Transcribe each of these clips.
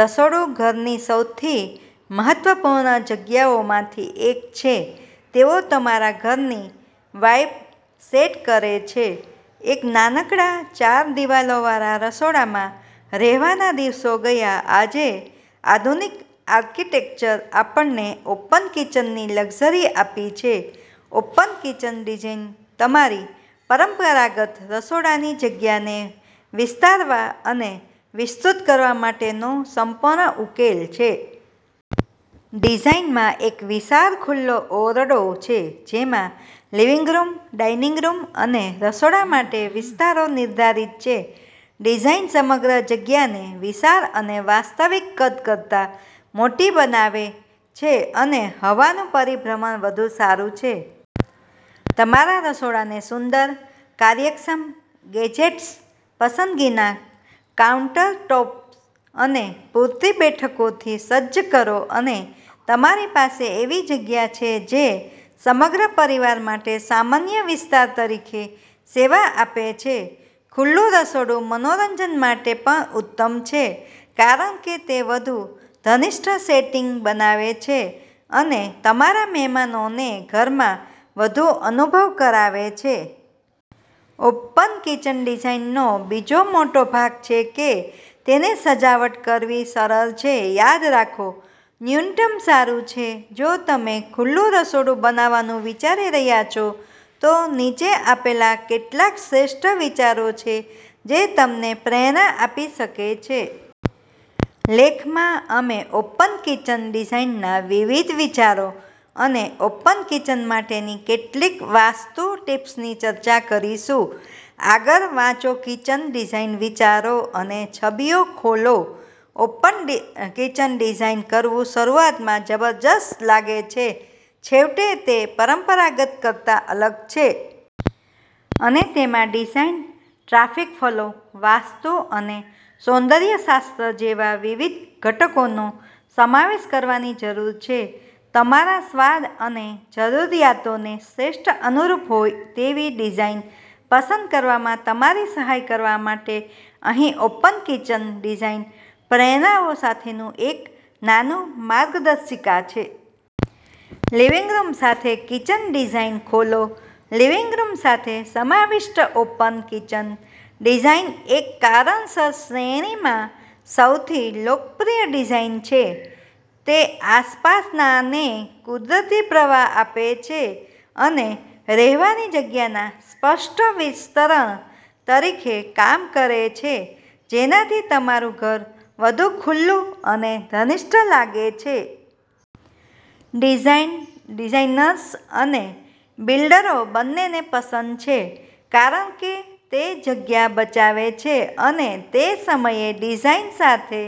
રસોડું ઘરની સૌથી મહત્વપૂર્ણ જગ્યાઓમાંથી એક છે. તેઓ તમારા ઘરની વાઇબ સેટ કરે છે. એક નાનકડા, ચાર દીવાલો વાળા રસોડામાં રહેવાના દિવસો ગયા. આજે આધુનિક આર્કિટેક્ચરે આપણને ઓપન કિચનની લક્ઝરી આપી છે. ઓપન કિચન ડિઝાઇન તમારી પરંપરાગત રસોડાની જગ્યાને વિસ્તારવા અને વિસ્તૃત કરવા માટેનો સંપૂર્ણ ઉકેલ છે. ડિઝાઇનમાં એક વિશાળ ખુલ્લો ઓરડો છે જેમાં લિવિંગ રૂમ, ડાઇનિંગ રૂમ અને રસોડા માટે વિસ્તારો નિર્ધારિત છે. ડિઝાઇન સમગ્ર જગ્યાને વિશાળ અને વાસ્તવિક કદ કરતાં મોટી બનાવે છે અને હવાનું પરિભ્રમણ વધુ સારું છે. તમારા રસોડાને સુંદર, કાર્યક્ષમ ગેજેટ્સ, પસંદગીના કાઉન્ટરટૉપ્સ અને પૂરતી બેઠકોથી સજ્જ કરો અને તમારી પાસે એવી જગ્યા છે જે સમગ્ર પરિવાર માટે સામાન્ય વિસ્તાર તરીકે સેવા આપે છે. ખુલ્લું રસોડું મનોરંજન માટે પણ ઉત્તમ છે કારણ કે તે વધુ ઘનિષ્ઠ સેટિંગ બનાવે છે અને તમારા મહેમાનોને ઘરમાં વધુ અનુભવ કરાવે છે. ઓપન કિચન ડિઝાઈનનો બીજો મોટો ભાગ છે કે તેને સજાવટ કરવી સરળ છે. યાદ રાખો, ન્યૂનતમ સારું છે. જો તમે ખુલ્લું રસોડું બનાવવાનું વિચારી રહ્યા છો, તો નીચે આપેલા કેટલાક શ્રેષ્ઠ વિચારો છે જે તમને પ્રેરણા આપી શકે છે. લેખમાં અમે ઓપન કિચન ડિઝાઇનના વિવિધ વિચારો અને ઓપન કિચન માટેની કેટલીક વાસ્તુ ટીપ્સની ચર્ચા કરીશું. આગળ વાંચોકિચન ડિઝાઇન વિચારો અને છબીઓ ખોલો, ઓપન કિચન ડિઝાઇન કરવું શરૂઆતમાં જબરજસ્ત લાગે છે. છેવટે, તે પરંપરાગત કરતાં અલગ છે. અને તેમાં ડિઝાઈન, ટ્રાફિક ફ્લો, વાસ્તુ અને સૌંદર્ય શાસ્ત્ર જેવા વિવિધ ઘટકોનો સમાવેશ કરવાની જરૂર છે. તમારા સ્વાદ અને જરૂરિયાતોને શ્રેષ્ઠ અનુરૂપ હોય તેવી ડિઝાઇન પસંદ કરવામાં તમારી સહાય કરવા માટે અહીં ઓપન કિચન ડિઝાઇન પ્રેરણાઓ સાથેનું એક નાનું માર્ગદર્શિકા છે. લિવિંગ રૂમ સાથે કિચન ડિઝાઇન ખોલો લિવિંગ રૂમ સાથે સમાવિષ્ટ ઓપન કિચન ડિઝાઇન એક કારણસર શ્રેણીમાં સૌથી લોકપ્રિય ડિઝાઇન છે. તે આસપાસનાને કુદરતી પ્રવાહ આપે છે અને રહેવાની જગ્યાના સ્પષ્ટ વિસ્તરણ તરીકે કામ કરે છે જેનાથી તમારું ઘર વધુ ખુલ્લું અને ઘનિષ્ઠ લાગે છે. ડિઝાઇન ડિઝાઇનર્સ અને બિલ્ડરો બંનેને પસંદ છે કારણ કે તે જગ્યા બચાવે છે અને તે સમયે ડિઝાઇન સાથે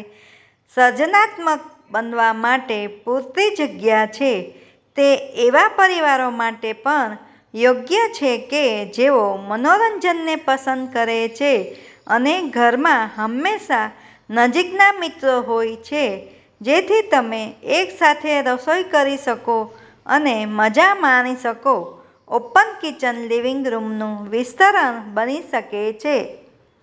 સર્જનાત્મક બનવા માટે પૂરતી જગ્યા છે. તે એવા પરિવારો માટે પણ યોગ્ય છે કે જેઓ મનોરંજનને પસંદ કરે છે અને ઘરમાં હંમેશા નજીકના મિત્રો હોય છે જેથી તમે એકસાથે રસોઇ કરી શકો અને મજા માણી શકો. ઓપન કિચન લિવિંગ રૂમનું વિસ્તરણ બની શકે છે.